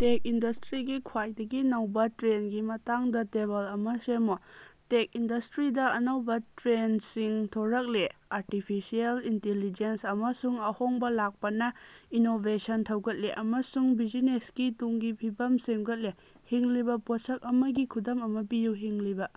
ꯇꯦꯛ ꯏꯟꯗꯁꯇ꯭ꯔꯤꯒꯤ ꯈ꯭ꯋꯥꯏꯗꯒꯤ ꯅꯧꯕ ꯇ꯭ꯔꯦꯟꯗꯒꯤ ꯃꯇꯥꯡꯗꯥ ꯇꯦꯕꯜ ꯑꯃ ꯁꯦꯝꯃꯨ꯫ ꯇꯦꯛ ꯏꯟꯗꯁꯇ꯭ꯔꯤꯗ ꯑꯅꯧꯕ ꯇ꯭ꯔꯦꯟꯗꯁꯤꯡ ꯊꯣꯔꯛꯂꯤ: ꯑꯥꯔꯇꯤꯐꯤꯁꯤꯌꯦꯜ ꯏꯟꯇꯤꯂꯤꯖꯦꯟꯁ ꯑꯃꯁꯨꯡ ꯑꯍꯣꯡꯕ ꯂꯥꯛꯄꯅ ꯏꯅꯣꯕꯦꯁꯟ ꯊꯧꯒꯠꯂꯤ ꯑꯃꯁꯨꯡ ꯕꯤꯖꯤꯅꯦꯁꯀꯤ ꯇꯨꯡꯒꯤ ꯐꯤꯕꯝ ꯁꯦꯝꯒꯠꯂꯤ꯫ ꯍꯤꯡꯂꯤꯕ ꯄꯣꯠꯁꯛ ꯑꯃꯒꯤ ꯈꯨꯗꯝ ꯑꯃ ꯄꯤꯌꯨ꯫ ꯍꯤꯡꯂꯤꯕ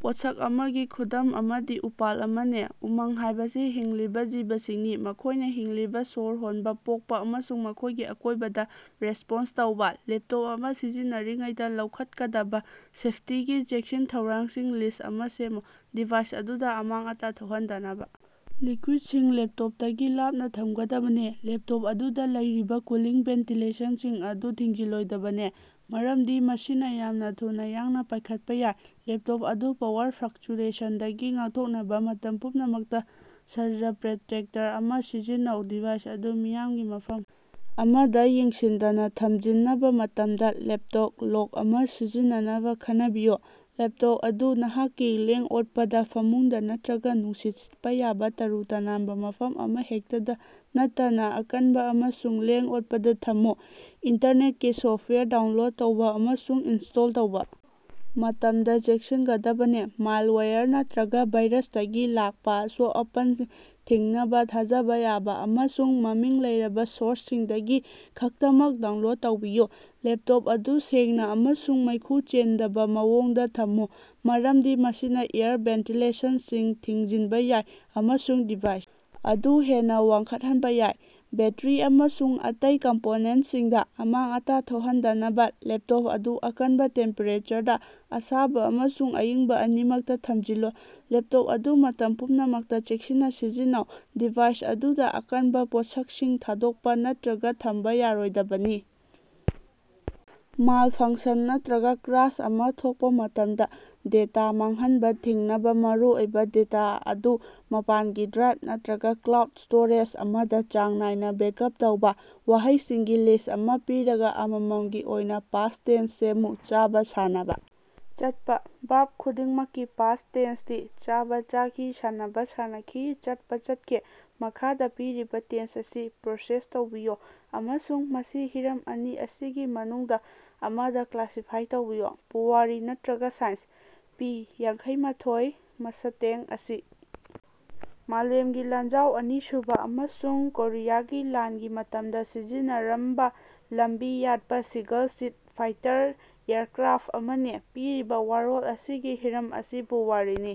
ꯄꯣꯠꯁꯛ ꯑꯃꯒꯤ ꯈꯨꯗꯝ ꯑꯃꯗꯤ ꯎꯄꯥꯜ ꯑꯃꯅꯤ꯫ ꯎꯃꯪ ꯍꯥꯢꯕꯁꯤ ꯍꯤꯡꯂꯤꯕ ꯖꯤꯕꯁꯤꯡꯅꯤ, ꯃꯈꯣꯢꯅ ꯍꯤꯡꯂꯤꯕ, ꯁꯣꯔ ꯍꯣꯟꯕ, ꯄꯣꯛꯄ ꯑꯃꯁꯨꯡ ꯃꯈꯣꯢꯒꯤ ꯑꯀꯣꯢꯕꯗ ꯔꯦꯁꯄꯣꯟꯁ ꯇꯧꯕ꯫ ꯂꯦꯞꯇꯣꯞ ꯑꯃ ꯁꯤꯖꯤꯟꯅꯔꯤꯉꯩꯗ ꯂꯧꯈꯠꯀꯗꯕ ꯁꯦꯐꯇꯤꯒꯤ ꯆꯦꯛꯁꯤꯟ-ꯊꯧꯔꯥꯡꯁꯤꯡꯒꯤ ꯂꯤꯁ꯭ꯠ ꯑꯃ ꯁꯦꯝꯃꯨ꯫ ꯗꯤꯚꯥꯏꯁ ꯑꯗꯨꯗ ꯑꯃꯥꯡ-ꯑꯇꯥ ꯊꯣꯛꯍꯟꯗꯅꯕ ꯂꯤꯛꯀꯨꯏꯗꯁꯤꯡ ꯂꯦꯞꯇꯣꯞꯗꯒꯤ ꯂꯥꯞꯅ ꯊꯝꯒꯗꯕꯅꯤ꯫ ꯂꯦꯞꯇꯣꯞ ꯑꯗꯨꯗ ꯂꯩꯔꯤꯕ ꯀꯨꯂꯤꯡ ꯚꯦꯟꯇꯤꯂꯦꯁꯟꯁꯤꯡ ꯑꯗꯨ ꯊꯤꯡꯖꯤꯜꯂꯣꯏꯗꯕꯅꯤ ꯃꯔꯝꯗꯤ ꯃꯁꯤꯅ ꯌꯥꯝꯅ ꯊꯨꯅ ꯌꯥꯡꯅ ꯄꯥꯢꯈꯠꯄ ꯌꯥꯏ꯫ ꯂꯦꯄꯇꯣꯞ ꯑꯗꯨ ꯄꯥꯋꯔ ꯐ꯭ꯂꯛꯆꯨꯌꯦꯁꯟꯗꯒꯤ ꯉꯥꯛꯊꯣꯛꯅꯕ ꯃꯇꯝ ꯄꯨꯝꯅꯃꯛꯇ ꯁꯔꯖ ꯄ꯭ꯔꯣꯇꯦꯛꯇꯔ ꯑꯃ ꯁꯤꯖꯤꯟꯅꯧ꯫ ꯗꯤꯚꯥꯏꯁ ꯑꯗꯨ ꯃꯤꯌꯥꯝꯒꯤ ꯃꯐꯝ ꯑꯃꯗ ꯌꯦꯡꯁꯤꯟꯗꯅ ꯊꯝꯖꯤꯜꯅꯕ ꯃꯇꯝꯗ ꯂꯦꯞꯇꯣꯞ ꯂꯣꯛ ꯑꯃ ꯁꯤꯖꯤꯟꯅꯅꯕ ꯈꯟꯅꯕꯤꯌꯨ꯫ ꯂꯦꯄꯇꯣꯞ ꯑꯗꯨ ꯅꯍꯥꯛꯀꯤ ꯂꯦꯡ-ꯑꯣꯠꯄꯗ, ꯐꯃꯨꯡꯗ ꯅꯠꯇ꯭ꯔꯒ ꯅꯨꯡꯁꯤꯠ ꯁꯤꯠꯄ ꯌꯥꯕ ꯇꯔꯨ-ꯇꯅꯥꯟꯕ ꯃꯐꯝ ꯑꯃꯍꯦꯛꯇꯗ ꯅꯠꯇꯅ ꯑꯀꯟꯕ ꯑꯃꯁꯨꯡ ꯂꯦꯡ-ꯑꯣꯠꯄꯗ ꯊꯝꯃꯨ꯫ ꯏꯟꯇꯔꯅꯦꯠꯇꯒꯤ ꯁꯣꯐꯋꯥꯌꯔ ꯗꯥꯎꯟꯂꯣꯗ ꯇꯧꯕ ꯑꯃꯁꯨꯡ ꯏꯟꯁ꯭ꯇꯣꯜ ꯇꯧꯕ ꯃꯇꯝꯗ ꯆꯦꯛꯁꯤꯟꯒꯗꯕꯅꯤ꯫ ꯃꯥꯏꯜꯋꯥꯌꯔ ꯅꯠꯇ꯭ꯔꯒ ꯚꯥꯏꯔꯁꯇꯒꯤ ꯂꯥꯛꯄ ꯑꯁꯣꯛ-ꯑꯄꯟꯁꯤꯡ ꯊꯤꯡꯅꯕ ꯊꯥꯖꯕ ꯌꯥꯕ ꯑꯃꯁꯨꯡ ꯃꯃꯤꯡ ꯂꯩꯔꯕ ꯁꯣꯔꯁꯁꯤꯡꯗꯒꯤ ꯈꯛꯇꯃꯛ ꯗꯥꯎꯟꯂꯣꯗ ꯇꯧꯕꯤꯌꯨ꯫ ꯂꯦꯄꯇꯣꯞ ꯑꯗꯨ ꯁꯦꯡꯅ ꯑꯃꯁꯨꯡ ꯃꯩꯈꯨ ꯆꯦꯟꯗꯕ ꯃꯑꯣꯡꯗ ꯊꯝꯃꯨ, ꯃꯔꯝꯗꯤ ꯃꯁꯤꯅ ꯑꯦꯌꯔ ꯚꯦꯟꯇꯤꯂꯦꯁꯟꯁꯤꯡ ꯊꯤꯡꯖꯤꯟꯕ ꯌꯥꯏ ꯑꯃꯁꯨꯡ ꯗꯤꯚꯥꯏꯁ ꯑꯗꯨ ꯍꯦꯟꯅ ꯋꯥꯡꯈꯠꯍꯟꯕ ꯌꯥꯏ꯫ ꯕꯦꯠꯇꯔꯤ ꯑꯃꯁꯨꯡ ꯑꯇꯩ ꯀꯝꯄꯣꯅꯦꯟꯇꯁꯤꯡꯗ ꯑꯃꯥꯡ-ꯑꯇꯥ ꯊꯣꯛꯍꯟꯗꯅꯕ ꯂꯦꯞꯇꯣꯞ ꯑꯗꯨ ꯑꯀꯟꯕ ꯇꯦꯝꯄꯦꯔꯦꯆꯔꯗ, ꯑꯁꯥꯕ ꯑꯃꯁꯨꯡ ꯑꯏꯪꯕ ꯑꯅꯤꯃꯛꯇ ꯊꯝꯖꯤꯜꯂꯨ꯫ ꯂꯦꯞꯇꯣꯞ ꯑꯗꯨ ꯃꯇꯝ ꯄꯨꯝꯅꯃꯛꯇ ꯆꯦꯛꯁꯤꯟꯅ ꯁꯤꯖꯤꯟꯅꯧ꯫ ꯗꯤꯚꯥꯏꯁ ꯑꯗꯨꯗꯥ ꯑꯀꯟꯕ ꯄꯣꯠꯁꯛꯁꯤꯡ ꯊꯥꯗꯣꯛꯄ ꯅꯠꯇ꯭ꯔꯒ ꯊꯝꯕ ꯌꯥꯔꯣꯏꯗꯕꯅꯤ꯫ ꯃꯥꯜꯐꯪꯁꯟ ꯅꯠꯇ꯭ꯔꯒ ꯀ꯭ꯔꯥꯁ ꯑꯃ ꯊꯣꯛꯄ ꯃꯇꯝꯗ ꯗꯦꯇꯥ ꯃꯥꯡꯍꯟꯕ ꯊꯤꯡꯅꯕ ꯃꯔꯨꯑꯣꯏꯕ ꯗꯦꯇꯥ ꯑꯗꯨ ꯃꯄꯥꯟꯒꯤ ꯗ꯭ꯔꯥꯏꯚ ꯅꯠꯇ꯭ꯔꯒ ꯀ꯭ꯂꯥꯎꯗ ꯁ꯭ꯇꯣꯔꯦꯖ ꯑꯃꯗ ꯆꯥꯡ ꯅꯥꯏꯅ ꯕꯦꯛꯑꯞ ꯇꯧꯕ꯫ ꯋꯥꯍꯩꯁꯤꯡꯒꯤ ꯂꯤꯁ꯭ꯠ ꯑꯃ ꯄꯤꯔꯒ, ꯑꯃꯃꯝꯒꯤ ꯑꯣꯏꯅ ꯄꯥꯁꯠ ꯇꯦꯟꯁ ꯁꯦꯝꯃꯨ꯫ ꯆꯥꯕ, ꯁꯥꯟꯅꯕ, ꯆꯠꯄ꯫ ꯚꯔꯕ ꯈꯨꯗꯤꯡꯃꯛꯀꯤ ꯄꯥꯁꯠ ꯇꯦꯟꯁꯗꯤ: ꯆꯥꯕ: ꯆꯥꯈꯤ, ꯁꯥꯟꯅꯕ: ꯁꯥꯟꯅꯈꯤ, ꯆꯠꯄ: ꯆꯠꯈꯤ꯫ ꯃꯈꯥꯗ ꯄꯤꯔꯤꯕ ꯇꯦꯛꯁ ꯑꯁꯤ ꯄ꯭ꯔꯣꯁꯦꯁ ꯇꯧꯕꯤꯌꯨ ꯑꯃꯁꯨꯡ ꯃꯁꯤ ꯍꯤꯔꯝ ꯑꯅꯤ ꯑꯁꯤꯒꯤ ꯃꯅꯨꯡꯗ ꯑꯃꯗ ꯀ꯭ꯂꯥꯁꯤꯐꯥꯏ ꯇꯧꯕꯤꯌꯨ: ꯄꯨꯋꯥꯔꯤ ꯅꯠꯇ꯭ꯔꯒ ꯁꯥꯏꯟꯁ꯫ ꯄꯤ- ꯌꯥꯡꯈꯩꯃꯥꯊꯣꯏ ꯃꯁꯇꯦꯡ ꯑꯁꯤ ꯃꯥꯂꯦꯝꯒꯤ ꯂꯥꯟꯖꯥꯎ ꯑꯅꯤꯁꯨꯕ ꯑꯃꯁꯨꯡ ꯀꯣꯔꯤꯌꯥꯒꯤ ꯂꯥꯟꯒꯤ ꯃꯇꯝꯗ ꯁꯤꯖꯤꯟꯅꯔꯝꯕ ꯂꯝꯕꯤ ꯌꯥꯠꯄ ꯁꯤꯒꯜ ꯁꯤꯠ ꯐꯥꯏꯇꯔ ꯑꯦꯌꯔꯀ꯭ꯔꯥꯐ ꯑꯃꯅꯤ꯫ ꯄꯤꯔꯤꯕ ꯋꯥꯔꯣꯜ ꯑꯁꯤꯒꯤ ꯍꯤꯔꯝ ꯑꯁꯤ ꯄꯨꯋꯥꯔꯤꯅꯤ꯫